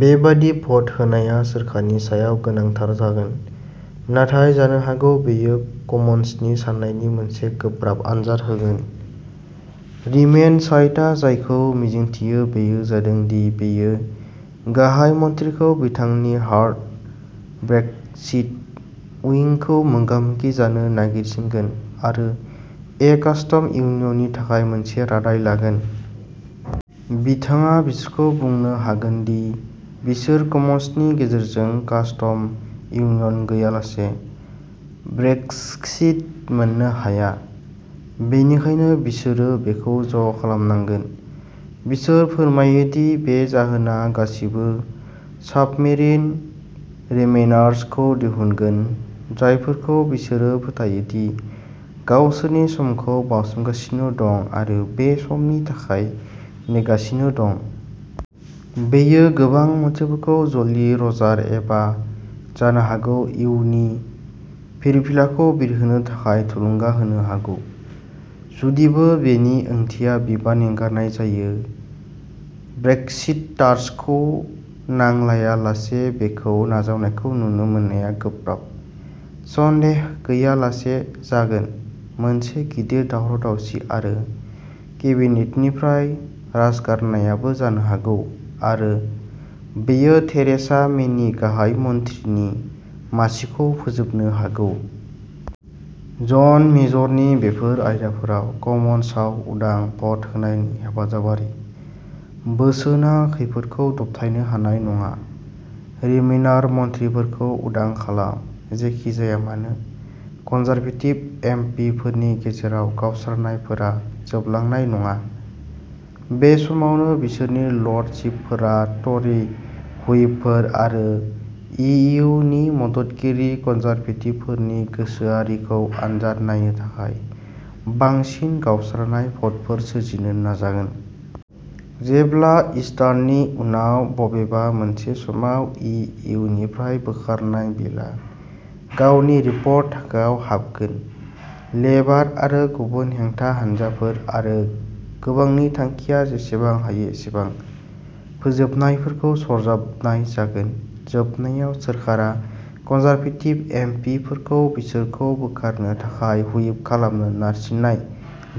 बेबादि भट होनाया सोरखारनि सायाव गोनांथार जागोन। नाथाय जानो हागौ बेयो कमन्सनि साननायनि मोनसे गोब्राब आनजाद होगोन। रिमेन साइडआ जायखौ मिजिंथियो बेयो जादों दि बेयो गाहाय मन्थ्रिखौ बिथांनि हार्ड ब्रेक्सिट उइंखौ मोगा-मोगि जानो नारसिनगोन आरो ए कास्टम इउनियननि थाखाय मोनसे रादाय लागोन। बिथाङा बिसोरखौ बुंनो हागोन दि बिसोर कमन्सनि गेजेरजों कास्टम इउनियन गैयालासे ब्रेक्सिट मोननो हाया, बेनिखायनो बिसोरो बेखौ ज' खालामनांगोन। बिसोर फोथायो दि बे जाहोना गासिबो साबमेरिन रिमेनार्स खौ दिहुनगोन, जायफोरखौ बिसोरो फोथायो दि गावसोरनि समखौ बावसोमगासिनो दं आरो बे समनि थाखाय नेगासिनो दं। बेयो गोबां मन्थ्रिफोरखौ ज'लि रजार एबा जानो हागौ इयुनि फिरफिलाखौ बिरहोनो थाखाय थुलुंगा होनो हागौ, जुदिबो बेनि ओंथिया बिबान एंगारनाय जायो। ब्रेक्सिटार्सखौ नांलायालासे बेखौ नाजावनायखौ नुनो मोननाया गोब्राब। सन्देह गैयाजासे जागोन। मोनसे गिदिर दावराव-दावसि आरो केबिनेटनिफ्राय राजगारनायाबो जानो हागौ आरो बेयो थेरेसा मेनि गाहाय मन्थ्रिनि मासिखौ फोजोबनो हागौ। जन मेजरनि बेफोर आयदाफोराव कमन्सआव उदां भ'ट होनायनि हेफाजाबारि बोसोनआ खैफोदखौ दबथायनो हानाय नङा रिमेनार मन्थ्रिफोरखौ उदां खालाम। जेखि जाया मानो, कनजारभेटिभ एम पि फोरनि गेजेराव गावस्रानायफोरा जोबलांनाय नङा। बे समावनो बिसोरनि लर्डशिपफोरा ट'रि हुइपफोर आरो इ इउ नि मददगिरि कनजारभेटिभफोरनि गोसोआरिखौ आनजाद नायनो थाखाय बांसिन गावस्रानाय भ'टफोर सोरजिनो नाजागोन। जेब्ला, ईस्टारनि उनाव बबेबा मोनसे समाव, इ इउ निफ्राय बोखारनाय बिलआ गावनि रिपर्ट थाखोआव हाबगोन, लेबार आरो गुबुन हेंथा हानजाफोर आरो गोबांनि थांखिया जेसेबां हायो एसेबां फोसाबनायफोरखौ सरजाबनाय जागोन, जोबनायाव सोरखारा कनजारभेटिभ एम पि फोरखौ बिसोरखौ बोखारनो थाखाय हुइप खालामनो नारसिननाय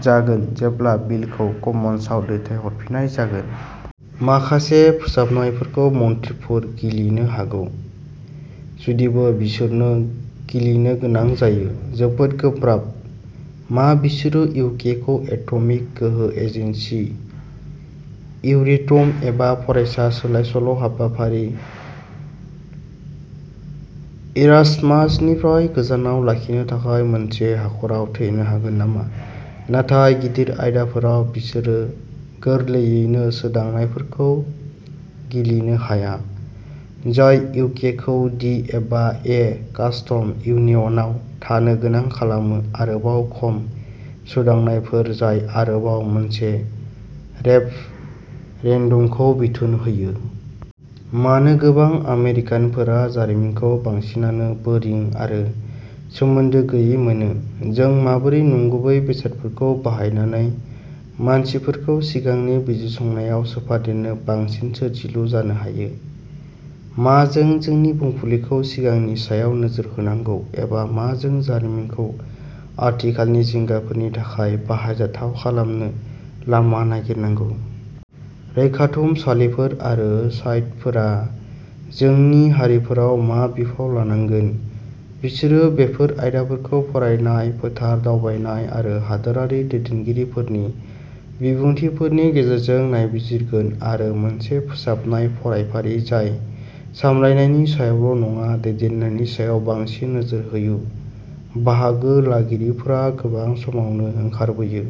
जागोन, जेब्ला बिलखौ कमन्सआव दैथायहरफिननाय जागोन। माखासे फोसाबनायफोरखौ मन्थ्रिफोरा गिलिनो हागौ, जुदिबो बिसोरनो गिलिनो गोनां जायो। जोबोद गोब्राब। मा बिसोरो इउकेखौ एट'मिक गोहो एजेन्सि, इउरेटम, एबा फरायसा सोलाय-सोल' हाबाफारि, इरास्मासनिफ्राय गोजानाव लाखिनो थाखाय मोनसे हाखराव थैनो हागोन नामा? नाथाय गिदिर आयदाफोराव, बिसोरो गोरलैयैनो सोदांनायफोरखौ गिलिनो हाया, जाय इउकेखौ दि एबा ए कास्टम इउनियनआव थानो गोनां खालामो आरोबाव खम सोदांनायफोर जाय आरोबाव मोनसे रेफरेन्डमखौ बिथोन होयो। मानो गोबां आमेरिकानफोरा जारिमिनखौ, बांसिनानो, बोरिं आरो सोमोन्दो गैयै मोनो? जों माबोरै नंगुबै बेसादफोरखौ बाहायनानै मानसिफोरखौ सिगांनि बिजिरसंनायाव सोफादेरनो बांसिन सोरजिलु जानो हायो? मा जों जोंनि बुंफुरलुखौ सिगांनि सायाव नोजोर होनांगौ एबा मा जों जारिमिनखौ आथिखालनि जिंगाफोरनि थाखाय बाहायजाथाव खालामनो लामा नागिरनांगौ? रैखाथुमसालिफोर आरो साइटफोरा जोंनि हारिफोराव मा बिफाव लानांगोन? बिसोरो बेफोर आयदाफोरखौ फरायनाय, फोथार दावबायनाय आरो हादोरारि दैदेनगिरिफोरनि बिबुंथिफोरनि गेजेरजों नायबिजिरगोन आरो मोनसे फोसाबनाय फरायफारि जाय सामलायनायनि सायावल' नङा, दैदेननायनि सायाव बांसिन नोजोर होयो। बाहागो लागिरिफोरा गोबां समावनो ओंखारबोयो।